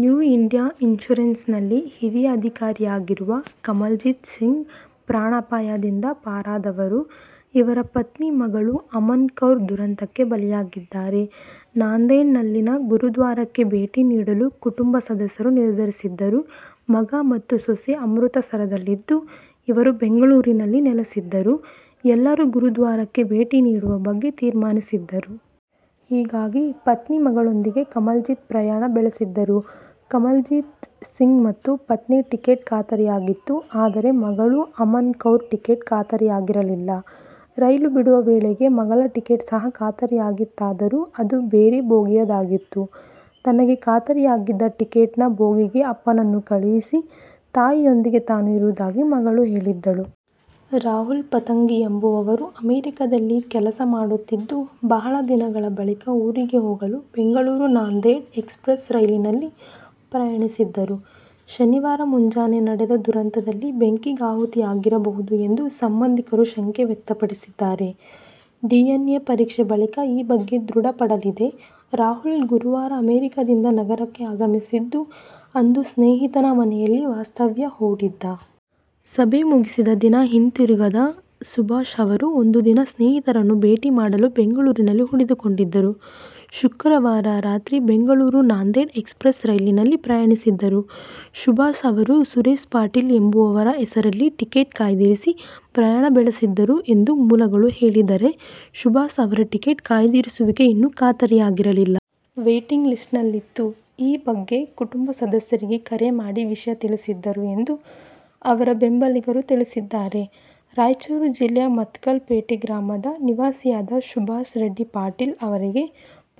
New India ಇನ್ಸೂರೆನ್ಸ್ನಲ್ಲಿ ಹಿರಿಯ ಅಧಿಕಾರಿಯಾಗಿರುವ ಕಮಲ್ಜಿತ್ ಸಿಂಗ್ ಪ್ರಾಣಾಪಾಯದಿಂದ ಪಾರಾದವರು. ಇವರ ಪತ್ನಿ, ಮಗಳು ಅಮನ್ ಕೌರ್ ದುರಂತಕ್ಕೆ ಬಲಿಯಾಗಿದ್ದಾರೆ. ನಾಂದೇಡ್ನಲ್ಲಿನ ಗುರುದ್ವಾರಕ್ಕೆ ಭೇಟಿ ನೀಡಲು ಕುಟುಂಬ ಸದಸ್ಯರು ನಿರ್ಧರಿಸಿದ್ದರು. ಮಗ ಮತ್ತು ಸೊಸೆ ಅಮೃತಸರದಲ್ಲಿದ್ದು, ಇವರು ಬೆಂಗಳೂರಿನಲ್ಲಿ ನೆಲೆಸಿದ್ದರು. ಎಲ್ಲರೂ ಗುರುದ್ವಾರಕ್ಕೆ ಭೇಟಿ ನೀಡುವ ಬಗ್ಗೆ ತೀರ್ಮಾನಿಸಿದ್ದರು. ಹೀಗಾಗಿ ಪತ್ನಿ, ಮಗಳೊಂದಿಗೆ ಕಮಲ್ಜಿತ್ ಪ್ರಯಾಣ ಬೆಳೆಸಿದ್ದರು. ಕಮಲ್ಜಿತ್ ಸಿಂಗ್ ಮತ್ತು ಪತ್ನಿ ಟಿಕೆಟ್ ಖಾತರಿಯಾಗಿತ್ತು. ಆದರೆ, ಮಗಳು ಅಮನ್ ಕೌರ್ ಟಿಕೆಟ್ ಖಾತರಿಯಾಗಿರಲಿಲ್ಲ. ರೈಲು ಬಿಡುವ ವೇಳೆಗೆ ಮಗಳ ಟಿಕೆಟ್ ಸಹ ಖಾತರಿಯಾಗಿತ್ತಾದರೂ ಅದು ಬೇರೆ ಬೋಗಿಯದಾಗಿತ್ತು. ತನಗೆ ಖಾತರಿಯಾಗಿದ್ದ ಟಿಕೆಟ್ನ ಬೋಗಿಗೆ ಅಪ್ಪನನ್ನು ಕಳುಹಿಸಿ ತಾಯಿಯೊಂದಿಗೆ ತಾನು ಇರುವುದಾಗಿ ಮಗಳು ಹೇಳಿದ್ದಳು. ರಾಹುಲ್ ಪತಂಗಿ ಎಂಬುವವರು ಅಮೆರಿಕದಲ್ಲಿ ಕೆಲಸ ಮಾಡುತ್ತಿದ್ದು, ಬಹಳ ದಿನಗಳ ಬಳಿಕ ಊರಿಗೆ ಹೋಗಲು ಬೆಂಗಳೂರು-ನಾಂದೇಡ್ ಎಕ್ಸ್ಪ್ರೆಸ್ ರೈಲಿನಲ್ಲಿ ಪ್ರಯಾಣಿಸಿದ್ದರು. ಶನಿವಾರ ಮುಂಜಾನೆ ನಡೆದ ದುರಂತದಲ್ಲಿ ಬೆಂಕಿಗಾಹುತಿಯಾಗಿರಬಹುದು ಎಂದು ಸಂಬಂಧಿಕರು ಶಂಕೆ ವ್ಯಕ್ತಪಡಿಸಿದ್ದಾರೆ. ಡಿಎನ್ಎ ಪರೀಕ್ಷೆ ಬಳಿಕ ಈ ಬಗ್ಗೆ ದೃಢ ಪಡಲಿದೆ. ರಾಹುಲ್ ಗುರುವಾರ ಅಮೆರಿಕಾದಿಂದ ನಗರಕ್ಕೆ ಆಗಮಿಸಿದ್ದು, ಅಂದು ಸ್ನೇಹಿತನ ಮನೆಯಲ್ಲಿ ವಾಸ್ತವ್ಯ ಹೂಡಿದ್ದ. ಸಭೆ ಮುಗಿಸಿದ ದಿನ ಹಿಂತಿರುಗದ ಸುಭಾಷ್ ಅವರು ಒಂದು ದಿನ ಸ್ನೇಹಿತರನ್ನು ಭೇಟಿ ಮಾಡಲು ಬೆಂಗಳೂರಿನಲ್ಲಿ ಉಳಿದುಕೊಂಡಿದ್ದರು. ಶುಕ್ರವಾರ ರಾತ್ರಿ ಬೆಂಗಳೂರು-ನಾಂದೇಡ್ ಎಕ್ಸ್ಪ್ರೆಸ್ ರೈಲಿನಲ್ಲಿ ಪ್ರಯಾಣಿಸಿದ್ದರು. ಸುಭಾಷ್ ಅವರು ಸುರೇಶ್ ಪಾಟೀಲ್ ಎಂಬುವವರ ಹೆಸರಲ್ಲಿ ಟಿಕೆಟ್ ಕಾಯ್ದಿರಿಸಿ ಪ್ರಯಾಣ ಬೆಳೆಸಿದ್ದರು ಎಂದು ಮೂಲಗಳು ಹೇಳಿದರೆ, ಸುಭಾಷ್ ಅವರ ಟಿಕೆಟ್ ಕಾಯ್ದಿರಿಸುವಿಕೆ ಇನ್ನು ಖಾತರಿಯಾಗಿರಲಿಲ್ಲ. ವೇಟಿಂಗ್ ಲಿಸ್ಟ್ನಲ್ಲಿತ್ತು. ಈ ಬಗ್ಗೆ ಕುಟುಂಬ ಸದಸ್ಯರಿಗೆ ಕರೆ ಮಾಡಿ ವಿಷಯ ತಿಳಿಸಿದ್ದರು ಎಂದು ಅವರ ಬೆಂಬಲಿಗರು ತಿಳಿಸಿದ್ದಾರೆ. ರಾಯಚೂರು ಜಿಲ್ಲೆಯ ಮತ್ಕಲ್ ಪೇಟೆ ಗ್ರಾಮದ ನಿವಾಸಿಯಾದ ಸುಭಾಷ್ ರೆಡ್ಡಿ ಪಾಟೀಲ್ ಅವರಿಗೆ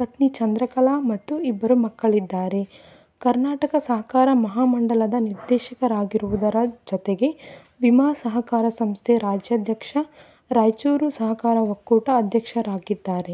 ಪತ್ನಿ ಚಂದ್ರಕಲಾ ಮತ್ತು ಇಬ್ಬರು ಮಕ್ಕಳಿದ್ದಾರೆ. ಕರ್ನಾಟಕ ಸಹಕಾರ ಮಹಾಮಂಡಲದ ನಿರ್ದೇಶಕರಾಗಿರುವುದರ ಜತೆಗೆ ವಿಮಾ ಸಹಕಾರ ಸಂಸ್ಥೆ ರಾಜ್ಯಾಧ್ಯಕ್ಷ, ರಾಯಚೂರು ಸಹಕಾರ ಒಕ್ಕೂಟ ಅಧ್ಯಕ್ಷರಾಗಿದ್ದಾರೆ.